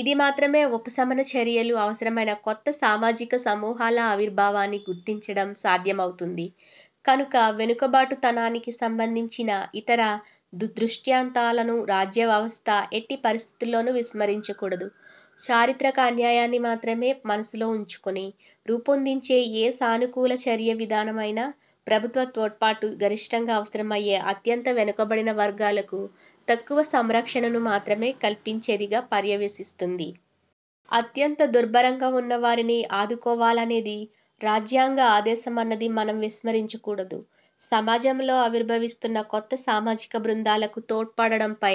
ఇది మాత్రమే ఉపశమన చర్యలు అవసరమైన కొత్త సామాజిక సమూహాల ఆవిర్భావాన్ని గుర్తించడం సాధ్యమవుతుంది కనుక వెనుకబాటుతనానికి సంబంధించిన ఇతర దృష్టాంతాలను రాజ్యవ్యవస్థ ఎట్టి పరిస్థితులలోనూ విస్మరించకూడదు. చారిత్రక అన్యాయాన్ని మాత్రమే మనస్సులో ఉంచుకొని రూపొందించే ఏ సానుకూల చర్యా విధానం అయినా ప్రభుత్వ తోడ్పాటు గరిష్ఠంగా అవసరమయ్యే అత్యంత వెనుకబడిన వర్గాలకు తక్కువ సంరక్షణను మాత్రమే కల్పించేదిగా పర్యవసిస్తుంది. అత్యంత దుర్భరంగా వున్నవారిని ఆదుకోవాలనేది రాజ్యాంగ ఆదేశమన్నది మనం విస్మరించకూడదు. సమాజంలో ఆవిర్భవిస్తున్న కొత్త సామాజిక బృందాలకు తోడ్పడడంపై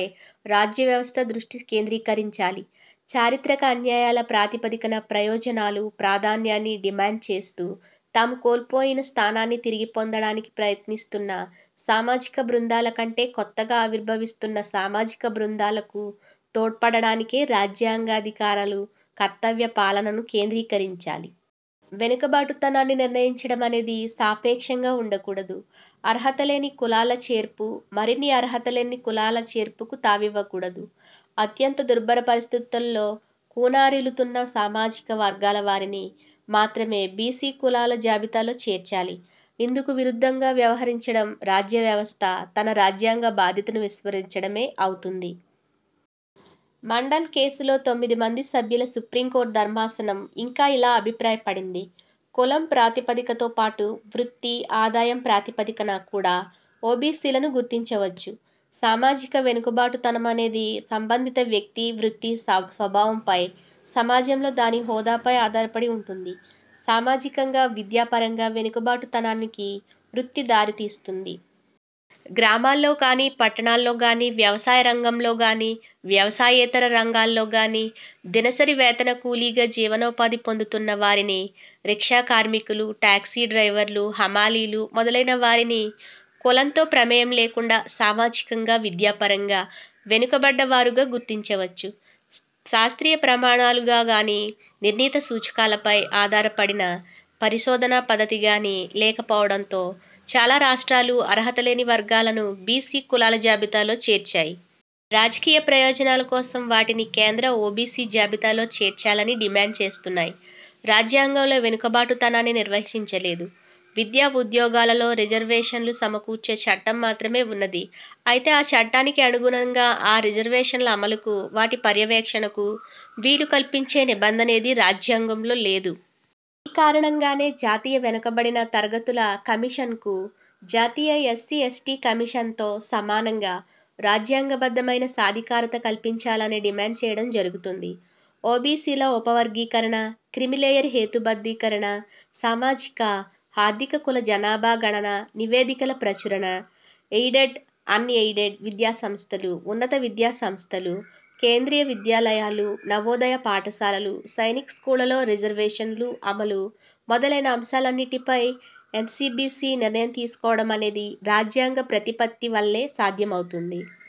రాజ్యవ్యవస్థ దృష్టి కేంద్రీకరించాలి. చారిత్రక అన్యాయాల ప్రాతిపదికన ప్రయోజనాలు, ప్రాధాన్యాన్ని డిమాండ్ చేస్తూ తాము కోల్పోయిన స్థానాన్ని తిరిగిపొందడానికి ప్రయత్నిస్తున్న సామాజిక బృందాల కంటే కొత్తగా ఆవిర్భవిస్తున్న సామాజిక బృందాలకు తోడ్పడానికే రాజ్యాంగ ధికారాలు, కర్తవ్య పాలనను కేంద్రీకరించాలి. వెనుకబాటుతనాన్ని నిర్ణయించడమనేది సాపేక్షంగా వుండకూడదు. అర్హతలేని కులాల చేర్పు మరిన్ని అర్హత లేని కులాల చేర్పుకు తావివ్వకూడదు. అత్యంత దుర్భర పరిస్థితులలో కునారిల్లుతున్న సామాజిక వర్గాల వారిని మాత్రమే బీసీ కులాల జాబితాలో చేర్చాలి. ఇందుకు విరుద్ధంగా వ్యవహరించడం రాజ్య వ్యవస్థ తన రాజ్యాంగ బాధ్యతను విస్మరించడమే అవుతుంది. మండల్ కేసులో తొమ్మిది మంది సభ్యుల సుప్రీంకోర్టు ధర్మాసనం ఇంకా ఇలా అభిప్రాయపడింది: 'కులం ప్రాతిపదికతో పాటు వృత్తి – ఆదాయం ప్రాతిపదికన కూడా ఓబీసీలను గుర్తించవచ్చు. సామాజిక వెనుకబాటుతనమనేది సంబంధిత వ్యక్తి వృత్తి స్వభావంపై, సమాజంలో దాని హోదాపై ఆధారపడి వుంటుంది. '. సామాజికంగా విద్యాపరంగా వెనుకబాటుతనానికి వృత్తి దారితీస్తుంది. గ్రామాల్లో గానీ, పట్టణాల్లో గానీ, వ్యవసాయంరంగంలో గానీ, వ్యవసాయేతర రంగాల్లో గానీ దినసరి వేతన కూలీగా జీవనోపాధి పొందుతున్న వారిని, రిక్షా కార్మికులు, టాక్సీ డ్రైవర్లు, హమాలీలు మొదలైన వారిని కులంతో ప్రమేయంలేకుండా సామాజికంగా, విద్యాపరంగా వెనుకబడ్డ వారుగా గుర్తించవచ్చు. శాస్త్రీయ ప్రమాణాలుగానీ, నిర్ణీత సూచకాలపై ఆధారపడిన పరిశోధనా పద్ధతి గానీ లేకపోవడంతో చాలా రాష్ట్రాలు అర్హతలేని వర్గాలను బీసీ కులాల జాబితాలో చేర్చాయి. రాజకీయ ప్రయోజనాల కోసం వాటిని కేంద్ర ఓబీసీ జాబితాలో చేర్చాలని డిమాండ్ చేస్తున్నాయి. రాజ్యాంగంలో వెనుకబాటుతనాన్ని నిర్వచించలేదు. విద్యా ఉద్యోగాలలో రిజర్వేషన్లు సమకూర్చే చట్టం మాత్రమే ఉన్నది. అయితే ఆ చట్టానికి అనుగుణంగా ఆ రిజర్వేషన్ల అమలుకు, వాటి పర్యవేక్షణకు వీలు కల్పించే నిబంధనేదీ రాజ్యాంగంలో లేదు. ఈ కారణంగానే జాతీయ వెనుకబడిన తరగతుల కమిషన్కు జాతీయ ఎస్సీ, ఎస్టీ కమిషన్తో సమానంగా రాజ్యాంగబద్ధమైన సాధికారత కల్పించాలనే డిమాండ్ చేయడం జరగుతోంది. ఓబీసీల ఉప వర్గీకరణ, క్రీమీలేయర్ హేతుబద్ధీకరణ, సామాజిక–ఆర్థిక కుల జనాభా గణన– నివేదికల ప్రచురణ, ఎయిడెడ్, అన్ ఎయిడెడ్ విద్యా సంస్థలు, ఉన్నత విద్యాసంస్థలు, కేంద్రీయ విద్యాలయాలు, నవోదయ పాఠశాలలు, సైనిక్ స్కూళ్ళలో రిజర్వేషన్ల అమలు, మొదలైన అంశాలన్నిటిపై ఎన్సీబీసీ నిర్ణయం తీసుకోవడమనేది రాజ్యాంగ ప్రతిపత్తి వల్లే సాధ్యమవుతుంది.